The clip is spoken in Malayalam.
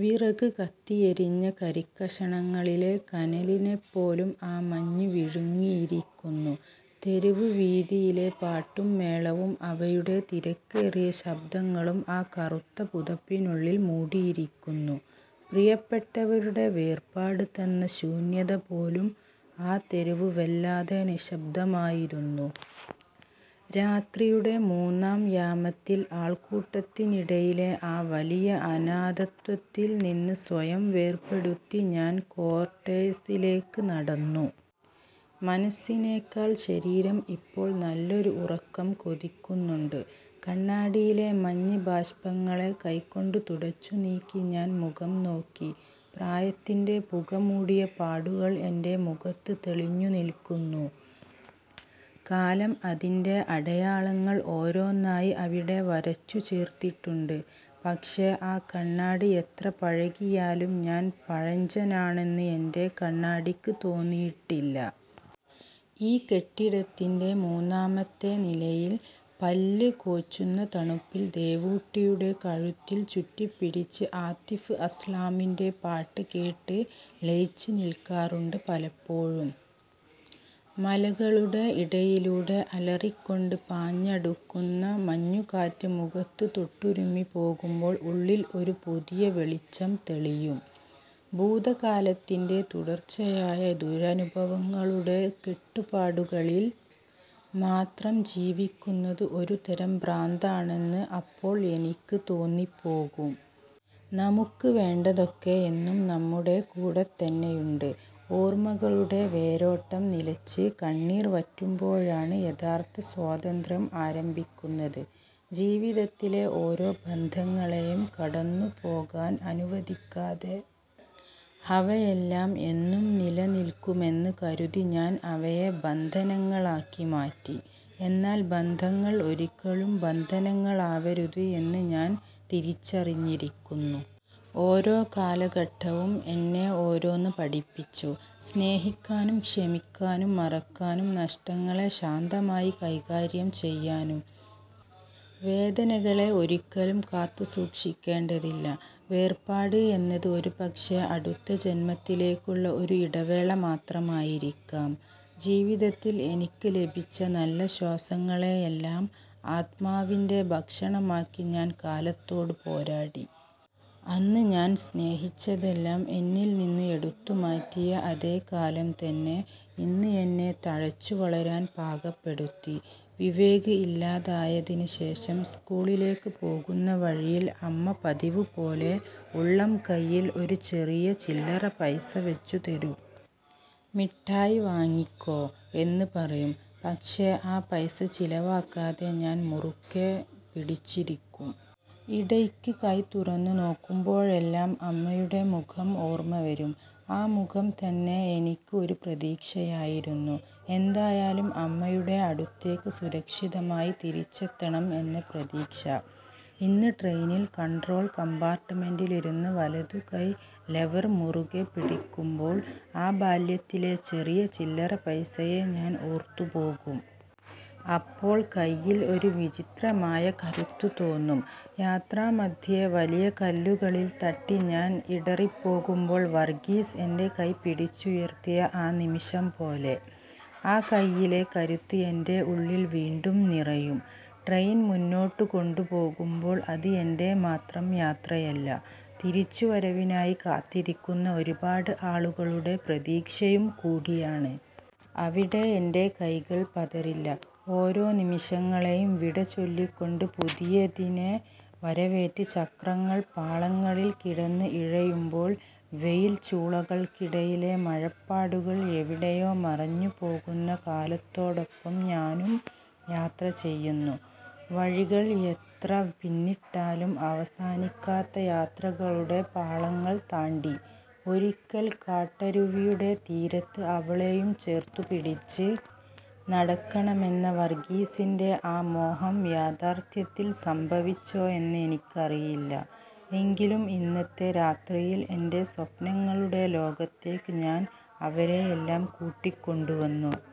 വിറക് കത്തിയെരിഞ്ഞ കരിക്കഷണങ്ങളിലെ കനലിനെപ്പോലും ആ മഞ്ഞ് വിഴുങ്ങിയിരിക്കുന്നു. തെരുവ് വീഥിയിലെ പാട്ടും മേളവും, അവയുടെ തിരക്കേറിയ ശബ്ദങ്ങളും ആ കറുത്ത പുതപ്പിനുള്ളിൽ മൂടിയിരിക്കുന്നു. പ്രിയപ്പെട്ടവരുടെ വേർപാട് തന്ന ശൂന്യത പോലെ ആ തെരുവ് വല്ലാതെ നിശബ്ദമായിരുന്നു. രാത്രിയുടെ മൂന്നാം യാമത്തിൽ, ആൾക്കൂട്ടത്തിനിടയിലെ ആ വലിയ അനാഥത്വത്തിൽ നിന്ന് സ്വയം വേർപെടുത്തി ഞാൻ ക്വാർട്ടേഴ്സിലേക്ക് നടന്നു. മനസ്സിനേക്കാൾ ശരീരം ഇപ്പോൾ നല്ലൊരു ഉറക്കം കൊതിക്കുന്നുണ്ട്. കണ്ണാടിയിലെ മഞ്ഞ് ബാഷ്പങ്ങളെ കൈകൊണ്ട് തുടച്ചുനീക്കി ഞാൻ മുഖം നോക്കി. പ്രായത്തിന്റെ പുക മൂടിയ പാടുകൾ എൻറെ മുഖത്ത് തെളിഞ്ഞു നിൽക്കുന്നു. കാലം അതിൻ്റെ അടയാളങ്ങൾ ഓരോന്നായി അവിടെ വരച്ചു ചേർത്തിട്ടുണ്ട്. പക്ഷേ, ആ കണ്ണാടി എത്ര പഴകിയാലും ഞാൻ പഴഞ്ചനാണെന്ന് എൻറെ കണ്ണാടിക്ക് തോന്നിയിട്ടില്ല. ഈ കെട്ടിടത്തിന്റെ മൂന്നാമത്തെ നിലയിൽ, പല്ല് കോച്ചുന്ന തണുപ്പിൽ ദേവൂട്ടിയുടെ കഴുത്തിൽ ചുറ്റിപ്പിടിച്ച് ആതിഫ് അസ്ലാമിന്റെ പാട്ട് കേട്ട് ലയിച്ച് നിൽക്കാറുണ്ട് പലപ്പോഴും. മലകളുടെ ഇടയിലൂടെ അലറിക്കൊണ്ട് പാഞ്ഞടുക്കുന്ന മഞ്ഞുകാറ്റ് മുഖത്ത് തൊട്ടുരുമ്മി പോകുമ്പോൾ ഉള്ളിൽ ഒരു പുതിയ വെളിച്ചം തെളിയും. ഭൂതകാലത്തിന്റെ തുടർച്ചയായ ദുരനുഭവങ്ങളുടെ കെട്ടുപാടുകളിൽ മാത്രം ജീവിക്കുന്നത് ഒരു തരം ഭ്രാന്താണെന്ന് അപ്പോൾ എനിക്ക് തോന്നിപ്പോവും. നമുക്ക് വേണ്ടതൊക്കെ എന്നും നമ്മുടെ കൂടെത്തന്നെയുണ്ട്. ഓർമ്മകളുടെ വേരോട്ടം നിലച്ച്, കണ്ണീർ വറ്റുമ്പോഴാണ് യഥാർത്ഥ സ്വാതന്ത്ര്യം ആരംഭിക്കുന്നത്. ജീവിതത്തിലെ ഓരോ ബന്ധങ്ങളെയും കടന്നുപോകാൻ അനുവദിക്കാതെ, അവയെല്ലാം എന്നും നിലനിൽക്കുമെന്ന് കരുതി ഞാൻ അവയെ ബന്ധനങ്ങളാക്കി മാറ്റി. എന്നാൽ ബന്ധങ്ങൾ ഒരിക്കലും ബന്ധനങ്ങളാവരുത് എന്ന് ഞാൻ തിരിച്ചറിഞ്ഞിരിക്കുന്നു. ഓരോ കാലഘട്ടവും എന്നെ ഓരോന്ന് പഠിപ്പിച്ചു, സ്നേഹിക്കാനും, ക്ഷമിക്കാനും, മറക്കാനും, നഷ്ടങ്ങളെ ശാന്തമായി കൈകാര്യം ചെയ്യാനും. വേദനകളെ ഒരിക്കലും കാത്തുസൂക്ഷിക്കേണ്ടതില്ല. വേർപാട് എന്നത് ഒരുപക്ഷേ അടുത്ത ജന്മത്തിലേക്കുള്ള ഒരു ഇടവേള മാത്രമായിരിക്കാം. ജീവിതത്തിൽ എനിക്ക് ലഭിച്ച നല്ല ശ്വാസങ്ങളെയെല്ലാം ആത്മാവിന്റെ ഭക്ഷണമാക്കി ഞാൻ കാലത്തോട് പോരാടി. അന്ന് ഞാൻ സ്നേഹിച്ചതെല്ലാം എന്നിൽ നിന്ന് എടുത്തുമാറ്റിയ അതേ കാലം തന്നെ, ഇന്ന് എന്നെ തഴച്ചുവളരാൻ പാകപ്പെടുത്തി. വിവേക് ഇല്ലാതായതിന് ശേഷം സ്കൂളിലേക്ക് പോകുന്ന വഴിയിൽ അമ്മ പതിവുപോലെ ഉള്ളംകൈയിൽ ഒരു ചെറിയ ചില്ലറപൈസ വെച്ചുതരും. "മിഠായി വാങ്ങിക്കോ," എന്ന് പറയും. പക്ഷേ ആ പൈസ ചിലവാക്കാതെ ഞാൻ മുറുകെ പിടിച്ചിരിക്കും. ഇടയ്ക്ക് കൈ തുറന്ന് നോക്കുമ്പോഴെല്ലാം അമ്മയുടെ മുഖം ഓർമ്മ വരും. ആ മുഖം തന്നെ എനിക്ക് ഒരു പ്രതീക്ഷയായിരുന്നു, എന്തായാലും അമ്മയുടെ അടുത്തേക്ക് സുരക്ഷിതമായി തിരിച്ചെത്തണം എന്ന പ്രതീക്ഷ. ഇന്ന് ട്രെയിനിൽ കൺട്രോൾ കമ്പാർട്ട്മെന്റിലിരുന്ന് വലതുകൈ ലെവർ മുറുകെ പിടിക്കുമ്പോൾ, ആ ബാല്യത്തിലെ ചെറിയ ചില്ലറപൈസയെ ഞാൻ ഓർത്തു പോകും. അപ്പോൾ കയ്യിൽ ഒരു വിചിത്രമായ കരുത്ത് തോന്നും. യാത്രാമദ്ധ്യേ വലിയ കല്ലുകളിൽ തട്ടി ഞാൻ ഇടറിപ്പോകുമ്പോൾ വർഗീസ് എന്റെ കൈ പിടിച്ചുയർത്തിയ ആ നിമിഷം പോലെ, ആ കൈയിലെ കരുത്ത് എന്റെ ഉള്ളിൽ വീണ്ടും നിറയും. ട്രെയിൻ മുന്നോട്ട് കൊണ്ടുപോകുമ്പോൾ അത് എന്റെ മാത്രം യാത്രയല്ല, തിരിച്ചുവരവിനായി കാത്തിരിക്കുന്ന ഒരുപാട് ആളുകളുടെ പ്രതീക്ഷയും കൂടിയാണ്. അവിടെ എന്റെ കൈകൾ പതറില്ല. ഓരോ നിമിഷങ്ങളെയും വിട ചൊല്ലിക്കൊണ്ട് പുതിയതിനെ വരവേറ്റ് ചക്രങ്ങൾ പാളങ്ങളിൽ കിടന്ന് ഇഴയുമ്പോൾ, വെയിൽ ചൂളകൾക്കിടയിലെ മഴപ്പാടുകൾ എവിടെയോ മറഞ്ഞു പോകുന്ന കാലത്തോടൊപ്പം ഞാനും യാത്ര ചെയ്യുന്നു; വഴികൾ എത്ര പിന്നിട്ടാലും അവസാനിക്കാത്ത യാത്രകളുടെ പാളങ്ങൾ താണ്ടി... ഒരിക്കൽ കാട്ടരുവിയുടെ തീരത്ത് അവളെയും ചേർത്തുപിടിച്ച് നടക്കണമെന്ന വർഗീസിന്റെ ആ മോഹം യാഥാർത്ഥ്യത്തിൽ സംഭവിച്ചോ എന്നെനിക്കറിയില്ല. എങ്കിലും, ഇന്നത്തെ രാത്രിയിൽ എന്റെ സ്വപ്നങ്ങളുടെ ലോകത്തേക്ക് ഞാൻ അവരെയെല്ലാം കൂട്ടിക്കൊണ്ടുവന്നു.